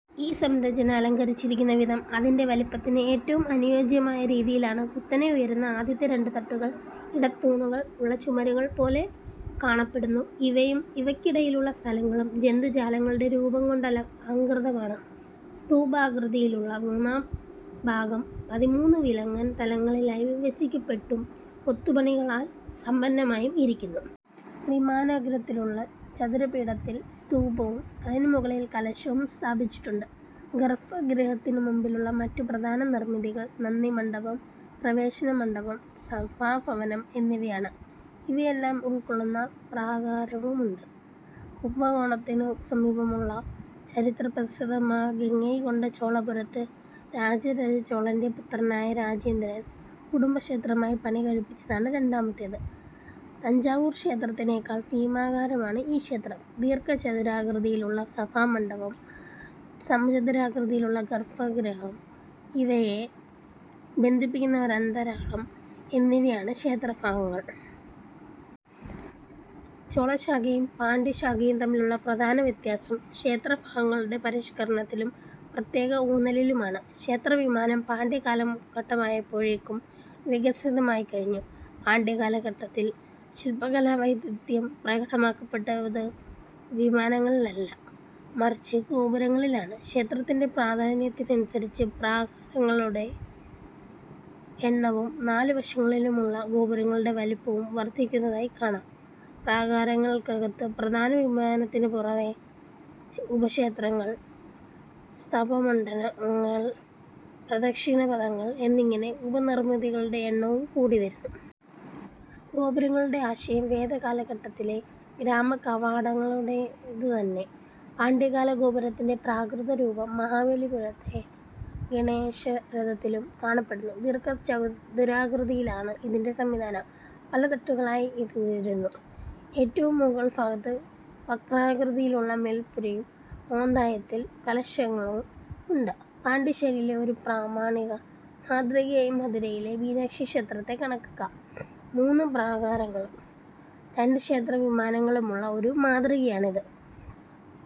ഈ സംരചന അലങ്കരിച്ചിരിക്കുന്ന വിധം അതിന്റെ വലിപ്പത്തിന് ഏറ്റവും അനുയോജ്യമായ രീതിയിലാണ്. കുത്തനെ ഉയരുന്ന ആദ്യത്തെ രണ്ടു തട്ടുകൾ ഇടത്തൂണുകൾ ഉള്ള ചുമരുകൾ പോലെ കാണപ്പെടുന്നു. ഇവയും ഇവയ്ക്കിടയിലുള്ള സ്ഥലങ്ങളും ജന്തുജാലങ്ങളുടെ രൂപങ്ങൾകൊണ്ടലംകൃതമാണ്. സ്തൂപികാകൃതിയിലുള്ള മുന്നാം ഭാഗം പതിമൂന്നു വിലങ്ങൻ തലങ്ങളിലായിവിഭജിക്കപ്പെട്ടും കൊത്തുപണികളാൽ സമ്പന്നമായും ഇരിക്കുന്നു. വിമാനാഗ്രത്തിലുള്ള ചതുര പീഠത്തിൽ സ്തൂപവും അതിനുമുകളിൽ കലശവും സ്ഥാപിച്ചിട്ടുണ്ട്. ഗർഭഗൃഹത്തിനു മുമ്പിലുള്ള മറ്റുപ്രധാന നിർമിതികൾ നന്ദിമണ്ഡപം, പ്രവേശനമണ്ഡപം, സഭാഭവനം എന്നിവയാണ്; ഇവയെല്ലാം ഉൾക്കൊള്ളുന്ന പ്രാകാരവുമുണ്ട്. കുംഭകോണത്തിനു സമീപമുള്ള ചരിത്രപ്രസിദ്ധമായ ഗംഗൈകൊണ്ടചോളപുരത്ത് രാജരജചോളന്റെ പുത്രനായ രാജേന്ദ്രൻ കുടുംബക്ഷേത്രമായി പണികഴിപ്പിച്ചതാണ് രണ്ടാമത്തേത്. തഞ്ചാവൂർക്ഷേത്രത്തിനെക്കാൾ ഭീമാകരമാണ് ഈ ക്ഷേത്രം. ദീർഘചതുരാകൃതിയിലുള്ള സഭാമണ്ഡപം, സമചതുരാകൃതിയിലുള്ള ഗർഭഗൃഹം ഇവയെ ബന്ധിപ്പിക്കുന്ന ഒരന്തരാളം എന്നിവയാണ് ക്ഷേത്രഭാഗങ്ങൾ. ചോളശാഖയും പാണ്ഡ്യശാഖയും തമ്മിലുള്ള പ്രധാന വ്യത്യാസം ക്ഷേത്രഭാഗങ്ങളുടെ പരിഷ്കരണത്തിലും പ്രത്യേക ഊന്നലിലുമാണ്. ക്ഷേത്രവിമാനം പാണ്ഡ്യ കാലഘട്ടമായപ്പോഴേക്കും വികസിതമായിക്കഴിഞ്ഞു. പാണ്ഡ്യകാലഘട്ടത്തിൽ ശില്പകലാവൈദഗ്ദ്ധ്യം പ്രകടമാക്കപ്പെട്ടത് വിമാനങ്ങളിലല്ല മറിച്ച് ഗോപുരങ്ങളിലാണ്. ക്ഷേത്രത്തിന്റെ പ്രാധാന്യത്തിനനുസരിച്ച് പ്രാകാരങ്ങളുടെ എണ്ണവും നാലുവശങ്ങളിലുമുള്ള ഗോപുരങ്ങളുടെ വലിപ്പവും വർദ്ധിക്കുന്നതായി കാണാം. പ്രാകാരങ്ങൾക്കകത്ത് പ്രധാന വിമാനത്തിനു പുറമെ ഉപക്ഷേത്രങ്ങൾ, സ്തംഭമണ്ഡപങ്ങൾ, പ്രദക്ഷിണപഥങ്ങൾ എന്നിങ്ങനെ ഉപനിർമിതികളുടെ എണ്ണവും കൂടിവരുന്നു. ഗോപുരങ്ങളുടെ ആശയം വേദകാലഘട്ടത്തിലെ ഗ്രാമ കവാടങ്ങളുടേതുതന്നെ. പാണ്ഡ്യകാല ഗോപുരത്തിന്റെ പ്രാകൃതരൂപം മഹാബലിപുരത്തെ ഗണേശരഥത്തിലും കാണപ്പെടുന്നു. ദീർഘചതുരാകൃതിയിലാണ് ഇതിന്റെ സംവിധാനം; പലതട്ടുകളിലായി ഇത് ഉയരുന്നു; ഏറ്റവും മുകൾഭാഗത്ത് വക്രാകൃതിയിലുള്ള മേല്പുരയും മോന്തായത്തിൽ കലശങ്ങളും ഉണ്ട്. പാണ്ഡ്യശൈലിയിലെ ഒരു പ്രാമാണിക മാതൃകയായി മധുരയിലെ മീനാക്ഷീക്ഷേത്രത്തെ കണക്കാക്കാം. മൂന്ന് പ്രാകാരങ്ങളും രണ്ട് ക്ഷേത്രവിമാനങ്ങളുമുള്ള ഒരു മാതൃകയാണിത്.